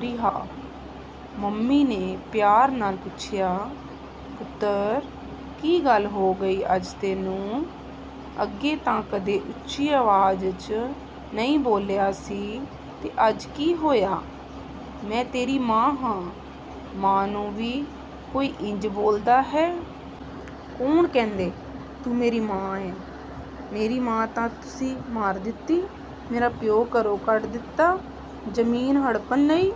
ਰਿਹਾ, ਮੰਮੀ ਨੇ ਪਿਆਰ ਨਾਲ ਪੁੱਛਿਆ, "ਪੁੱਤ, ਕੀ ਗੱਲ ਹੋ ਗਈ ਅੱਜ ਤੈਨੂੰ? ਅੱਗੇ ਤਾਂ ਕਦੇ ਉੱਚੀ ਆਵਾਜ਼ 'ਚ ਨਹੀਂ ਬੋਲਿਆ ਸੀ, ਤੇ ਅੱਜ ਕੀ ਹੋਇਆ? ਮੈਂ ਤੇਰੀ ਮਾਂ ਹਾਂ, ਮਾਂ ਨੂੰ ਵੀ ਕੋਈ ਇੰਝ ਬੋਲਦਾ ਹੈ?" ਕੌਣ ਕਹਿੰਦੈ ਤੂੰ ਮੇਰੀ ਮਾਂ ਐ, ਮੇਰੀ ਮਾਂ ਤਾਂ ਤੁਸੀਂ ਮਾਰ ਦਿੱਤੀ, ਮੇਰਾ ਪਿਉ ਘਰੋਂ ਕੱਢ ਦਿੱਤਾ ਜ਼ਮੀਨ ਹੜੱਪਣ ਲਈ,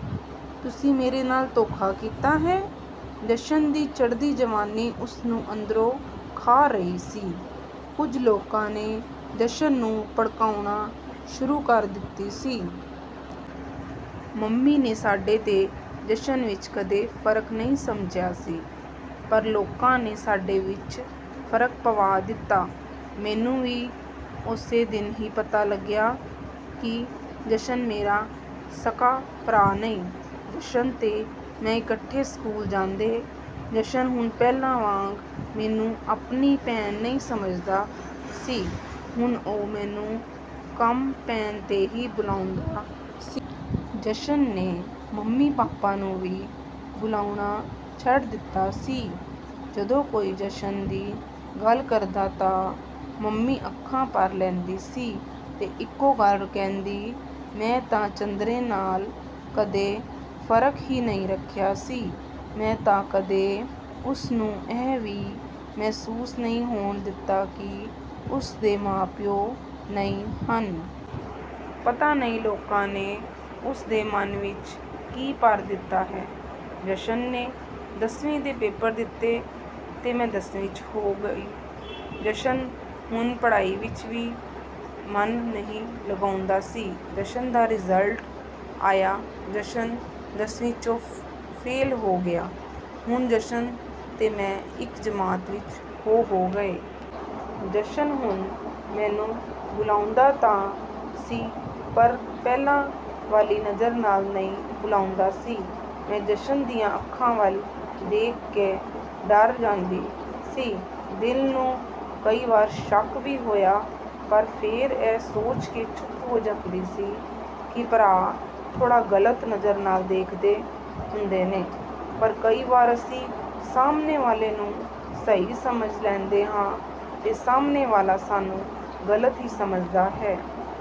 ਤੁਸੀਂ ਮੇਰੇ ਨਾਲ ਧੋਖਾ ਕੀਤਾ ਹੈ। ਜਸ਼ਨ ਦੀ ਚੜ੍ਹਦੀ ਜਵਾਨੀ ਉਸ ਨੂੰ ਅੰਦਰੋਂ ਖਾ ਰਹੀ ਸੀ, ਕੁਝ ਲੋਕਾਂ ਨੇ ਜਸ਼ਨ ਨੂੰ ਭੜਕਾਉਣਾ ਸ਼ੁਰੂ ਕਰ ਦਿੱਤੀ ਸੀ। ਮੰਮੀ ਨੇ ਸਾਡੇ ਤੇ ਜਸ਼ਨ ਵਿੱਚ ਕਦੇ ਫ਼ਰਕ ਨਹੀਂ ਸਮਝਿਆ ਸੀ ਪਰ ਲੋਕਾਂ ਨੇ ਸਾਡੇ ਵਿੱਚ ਫ਼ਰਕ ਪਵਾ ਦਿੱਤਾ। ਮੈਨੂੰ ਵੀ ਉਸੇ ਦਿਨ ਹੀ ਪਤਾ ਲੱਗਿਆ ਕਿ ਜਸ਼ਨ ਮੇਰਾ ਸਕਾ ਭਰਾ ਨਹੀਂ। ਜਸ਼ਨ ਤੇ ਮੈਂ ਇਕੱਠੇ ਸਕੂਲ ਜਾਂਦੇ, ਜਸ਼ਨ ਹੁਣ ਪਹਿਲਾਂ ਵਾਂਗ ਮੈਨੂੰ ਆਪਣੀ ਭੈਣ ਨਹੀਂ ਸਮਝਦਾ ਸੀ, ਹੁਣ ਉਹ ਮੈਨੂੰ ਕੰਮ ਪੈਣ ਤੇ ਹੀ ਬੁਲਾਉਂਦਾ ਸੀ। ਜਸ਼ਨ ਨੇ ਮੰਮੀ ਪਾਪਾ ਨੂੰ ਵੀ ਬੁਲਾਉਣਾ ਛੱਡ ਦਿੱਤਾ ਸੀ, ਜਦੋਂ ਕੋਈ ਜਸ਼ਨ ਦੀ ਗੱਲ ਕਰਦਾ ਤਾਂ ਮੰਮੀ ਅੱਖਾਂ ਭਰ ਲੈਂਦੀ ਸੀ ਤੇ ਇੱਕੋ ਗੱਲ ਕਹਿੰਦੀ, ਮੈਂ ਤਾਂ ਚੰਦਰੇ ਨਾਲ ਕਦੇ ਫ਼ਰਕ ਹੀ ਨਹੀਂ ਰੱਖਿਆ ਸੀ, ਮੈਂ ਤਾਂ ਕਦੇ ਉਸ ਨੂੰ ਇਹ ਵੀ ਮਹਿਸੂਸ ਨਹੀਂ ਹੋਣ ਦਿੱਤਾ ਕਿ ਉਸ ਦੇ ਮਾਂ-ਪਿਉ ਨਹੀਂ ਹਨ। ਪਤਾ ਨਹੀਂ ਲੋਕਾਂ ਨੇ ਉਸ ਦੇ ਮਨ ਵਿੱਚ ਕੀ ਭਰ ਦਿੱਤਾ ਹੈ। ਜਸ਼ਨ ਨੇ ਦੱਸਵੀਂ ਦੇ ਪੇਪਰ ਦਿੱਤੇ ਤੇ ਮੈਂ ਦੱਸਵੀਂ ਚ ਹੋ ਗਈ। ਜਸ਼ਨ ਹੁਣ ਪੜ੍ਹਾਈ ਵਿੱਚ ਵੀ ਮਨ ਨਹੀਂ ਲਗਾਉਂਦਾ ਸੀ, ਜਸ਼ਨ ਦਾ ਰਿਜ਼ਲਟ ਆਇਆ ਜਸ਼ਨ ਦਸਵੀਂ ਚੋਂ ਫੇਲ੍ਹ ਹੋ ਗਿਆ, ਹੁਣ ਜਸ਼ਨ ਤੇ ਮੈਂ ਇੱਕ ਜਮਾਤ ਵਿੱਚ ਹੋ ਹੋ ਗਏ। ਜਸ਼ਨ ਹੁਣ ਮੈਨੂੰ ਬੁਲਾਉਂਦਾ ਤਾਂ ਸੀ ਪਰ ਪਹਿਲਾਂ ਵਾਲੀ ਨਜ਼ਰ ਨਾਲ ਨਹੀਂ ਬੁਲਾਉਂਦਾ ਸੀ। ਮੈਂ ਜਸ਼ਨ ਦੀਆਂ ਅੱਖਾਂ ਵੱਲ ਦੇਖ ਕੇ ਡਰ ਜਾਂਦੀ ਸੀ, ਦਿਲ ਨੂੰ ਕਈ ਵਾਰ ਸ਼ੱਕ ਵੀ ਹੋਇਆ ਪਰ ਫੇਰ ਇਹ ਸੋਚਕੇ ਚੁੱਪ ਹੋ ਜਾਂਦੀ ਸੀ ਕਿ ਭਰਾ ਥੋੜਾਂ ਗਲਤ ਨਜ਼ਰ ਨਾਲ ਦੇਖਦੇ ਹੁੰਦੇ ਨੇ, ਪਰ ਕਈ ਵਾਰ ਅਸੀਂ ਸਾਹਮਣੇ ਵਾਲੇ ਨੂੰ ਸਹੀ ਸਮਝ ਲੈਂਦੇ ਹਾਂ ਤੇ ਸਾਹਮਣੇ ਵਾਲਾ ਸਾਨੂੰ ਗਲਤ ਹੀ ਸਮਝਦਾ ਹੈ।